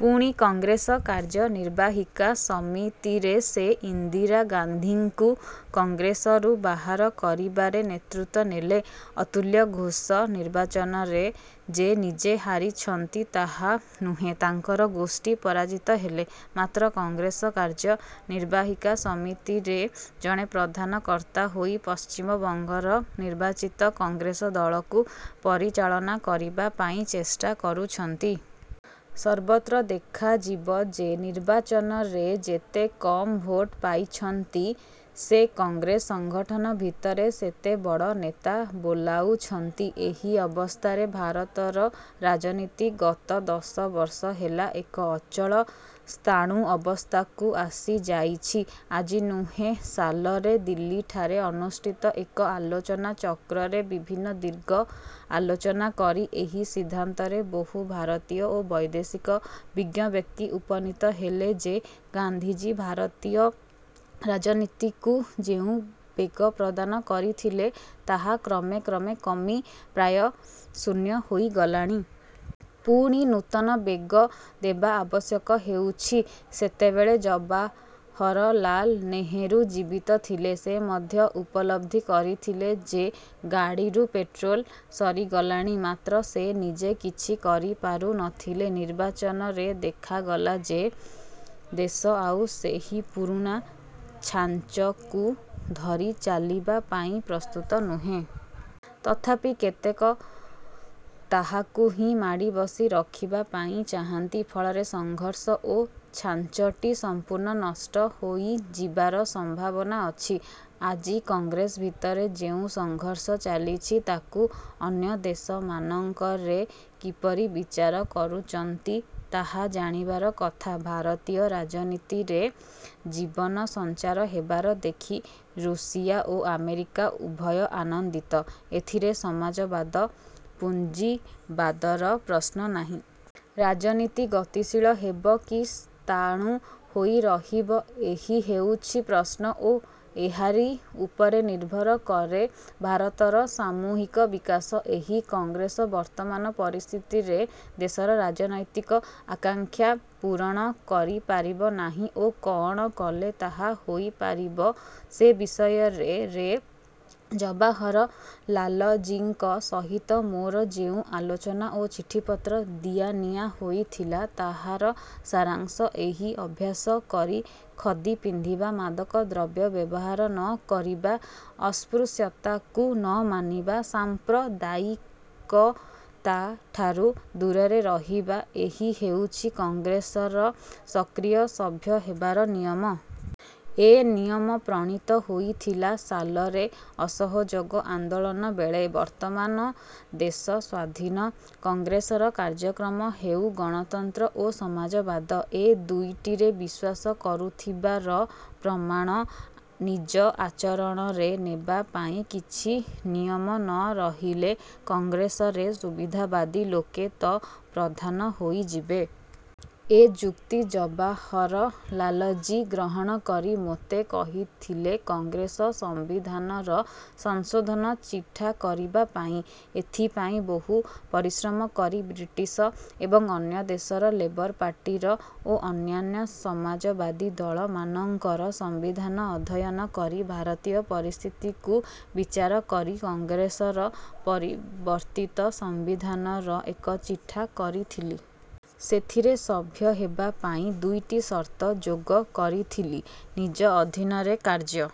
ପୁଣି କଂଗ୍ରେସ କାର୍ଯ୍ୟ ନିର୍ବାହିକା ସମିତିରେ ସେ ଇନ୍ଦିରା ଗାନ୍ଧିଙ୍କୁ କଂଗ୍ରେସରୁ ବାହାର କରିବାରେ ନେତୃତ୍ୱ ନେଲେ। ଅତୁଲ୍ୟ ଘୋଷ ନିର୍ବାଚନରେ ଯେ ନିଜେ ହାରିଛନ୍ତି ତାହା ନୁହେଁ, ତାଙ୍କର ଗୋଷ୍ଠୀ ପରାଜିତ ହେଲେ। ମାତ୍ର କଂଗ୍ରେସ କାର୍ଯ୍ୟ ନିର୍ବାହିକା ସମିତିରେ ଜଣେ ପ୍ରଧାନ କର୍ତ୍ତା ହୋଇ ପଶ୍ଚିମବଙ୍ଗର ନିର୍ବାଚିତ କଂଗ୍ରେସ ଦଳକୁ ପରିଚାଳନା କରିବା ପାଇଁ ଚେଷ୍ଟା କରୁଛନ୍ତି। ସର୍ବତ୍ର ଦେଖାଯିବ ଯେ ନିର୍ବାଚନରେ ଯେତେ କମ୍ ଭୋଟ ପାଇଛନ୍ତି, ସେ କଂଗ୍ରେସ ସଙ୍ଗଠନ ଭିତରେ ସେତେ ବଡ଼ ନେତା ବୋଲାଉଛନ୍ତି। ଏହି ଅବସ୍ଥାରେ ଭାରତର ରାଜନୀତି ଗତ ଦଶବର୍ଷ ହେଲା ଏକ ଅଚଳ, ସ୍ଥାଣୁ ଅବସ୍ଥାକୁ ଆସିଯାଇଛି। ଆଜି ନୁହେଁ ସାଲରେ ଦିଲ୍ଲୀଠାରେ ଅନୁଷ୍ଠିତ ଏକ ଆଲୋଚନା ଚକ୍ରରେ ବିଭିନ୍ନ ଦିଗ ଆଲୋଚନା କରି ଏହି ସିଦ୍ଧାନ୍ତରେ ବହୁ ଭାରତୀୟ ଓ ବୈଦେଶିକ ବିଜ୍ଞବ୍ୟକ୍ତି ଉପନୀତ ହେଲେ ଯେ ଗାନ୍ଧିଜୀ ଭାରତୀୟ ରାଜନୀତିକୁ ଯେଉଁ ବେଗ ପ୍ରଦାନ କରିଥିଲେ, ତାହା କ୍ରମେ କ୍ରମେ କମି ପ୍ରାୟ ଶୂନ୍ୟ ହୋଇଗଲାଣି। ପୁଣି। ନୂତନ ବେଗ ଦେବା ଆବଶ୍ୟକ ହେଉଛି। ସେତେବେଳେ ଜବାହରଲାଲ ନେହେରୁ ଜୀବିତ ଥିଲେ। ସେ ମଧ୍ୟ ଉପଲବ୍ଧି କରିଥିଲେ ଯେ ଗାଡ଼ିରୁ ପେଟ୍ରୋଲ ସରିଗଲାଣି; ମାତ୍ର ସେ ନିଜେ କିଛି କରିପାରୁ ନ ଥିଲେ। ନିର୍ବାଚନରେ ଦେଖାଗଲା ଯେ ଦେଶ ଆଉ ସେହି ପୁରୁଣା ଛାଞ୍ଚକୁ ଧରି ଚାଲିବା ପାଇଁ ପ୍ରସ୍ତୁତ ନୁହେଁ। ତଥାପି କେତେକ ତାହାକୁ ହିଁ ମାଡ଼ିବସି ରଖିବା ପାଇଁ ଚାହାନ୍ତି। ଫଳରେ ସଂଘର୍ଷ ଓ ଛାଞ୍ଚଟି ସଂପୂର୍ଣ୍ଣ ନଷ୍ଟ ହୋଇଯିବାର ସମ୍ଭାବନା ଅଛି। ଆଜି କଂଗ୍ରେସ ଭିତରେ ଯେଉଁ ସଂଘର୍ଷ ଚାଲିଛି ତାକୁ ଅନ୍ୟ ଦେଶମାନଙ୍କରେ କିପରି ବିଚାର କରୁଚନ୍ତି, ତାହା ଜାଣିବାର କଥା। ଭାରତୀୟ ରାଜନୀତିରେ ଜୀବନ ସଞ୍ଚାର ହେବାର ଦେଖି ରୁଷିଆ ଓ ଆମେରିକା ଉଭୟ ଆନନ୍ଦିତ; ଏଥିରେ ସମାଜବାଦ ପୁଞ୍ଜିବାଦର ପ୍ରଶ୍ନ ନାହଁ। ରାଜନୀତି ଗତିଶୀଳ ହେବ କି ସ୍ଥାଣୁ ହୋଇ ରହିବ ଏହି ହେଉଛି ପ୍ରଶ୍ନ ଓ ଏହାରି ଉପରେ ନିର୍ଭର କରେ ଭାରତର ସାମୂହିକ ବିକାଶ। ଏହି କଂଗ୍ରେସ ବର୍ତ୍ତମାନ ପରିସ୍ଥିତିରେ ଦେଶର ରାଜନୈତିକ ଆକାଙ୍କ୍ଷା ପୂରଣ କରି ପାରିବ ନାହିଁ ଓ କଅଣ କଲେ ତାହା ହୋଇପାରିବ ସେ ବିଷୟରେ ରେ ଜବାହରଲାଲଜୀଙ୍କ ସହିତ ମୋର ଯେଉଁ ଆଲୋଚନା ଓ ଚିଠିପତ୍ର ଦିଆନିଆ ହୋଇଥିଲା ତାହାର ସାରାଂଶ ଏହି- ଅଭ୍ୟାସ କରି ଖଦି ପିନ୍ଧିବା, ମାଦକ ଦ୍ରବ୍ୟ ବ୍ୟବହାର ନ କରିବା, ଅସ୍ପୃଶ୍ୟତାକୁ ନ ମାନିବା, ସାଂପ୍ରଦାୟିକତାଠାରୁ ଦୂରରେ ରହିବା, ଏହି ହେଉଛି କଂଗ୍ରେସର ସକ୍ରିୟ ସଭ୍ୟ ହେବାର ନିୟମ। ଏ ନିୟମ ପ୍ରଣୀତ ହୋଇଥିଲା ସାଲରେ ଅସହଯୋଗ ଆନ୍ଦୋଳନବେଳେ। ବର୍ତ୍ତମାନ ଦେଶ ସ୍ୱାଧୀନ। କଂଗ୍ରେସର କାର୍ଯ୍ୟକ୍ରମ ହେଉ ଗଣତନ୍ତ୍ର ଓ ସମାଜବାଦ। ଏ ଦୁଇଟିରେ ବିଶ୍ୱାସ କରୁଥିବାର ପ୍ରମାଣ ନିଜ ଆଚରଣରେ ନେବାପାଇଁ କିଛି ନିୟମ ନ ରହିଲେ କଂଗ୍ରେସରେ ସୁବିଧାବାଦୀ ଲୋକେ ତ ପ୍ରଧାନ ହୋଇଯିବେ। ଏ ଯୁକ୍ତି ଜବାହରଲାଲଜୀ ଗ୍ରହଣ କରି ମୋତେ କହିଥିଲେ କଂଗ୍ରେସ ସଂବିଧାନର ସଂଶୋଧନ ଚିଠା କରିବା ପାଇଁ। ଏଥିପାଇଁ ବହୁ ପରିଶ୍ରମ କରି ବ୍ରିଟିଶ ଏବଂ ଅନ୍ୟ ଦେଶର ଲେବର ପାର୍ଟିର ଓ ଅନ୍ୟାନ୍ୟ ସମାଜବାଦୀ ଦଳମାନଙ୍କର ସମ୍ବିଧାନ ଅଧ୍ୟୟନ କରି ଭାରତୀୟ ପରିସ୍ଥିତିକୁ ବିଚାର କରି କଂଗ୍ରେସର ପରିବର୍ତ୍ତିତ ସମ୍ବିଧାନର ଏକ ଚିଠା କରିଥିଲି। ସେଥିରେ ସଭ୍ୟ ହେବା ପାଇଁ ଦୁଇଟି ସର୍ତ୍ତ ଯୋଗ କରିଥିଲି। ନିଜ ଅଧୀନରେ କାର୍ଯ୍ୟ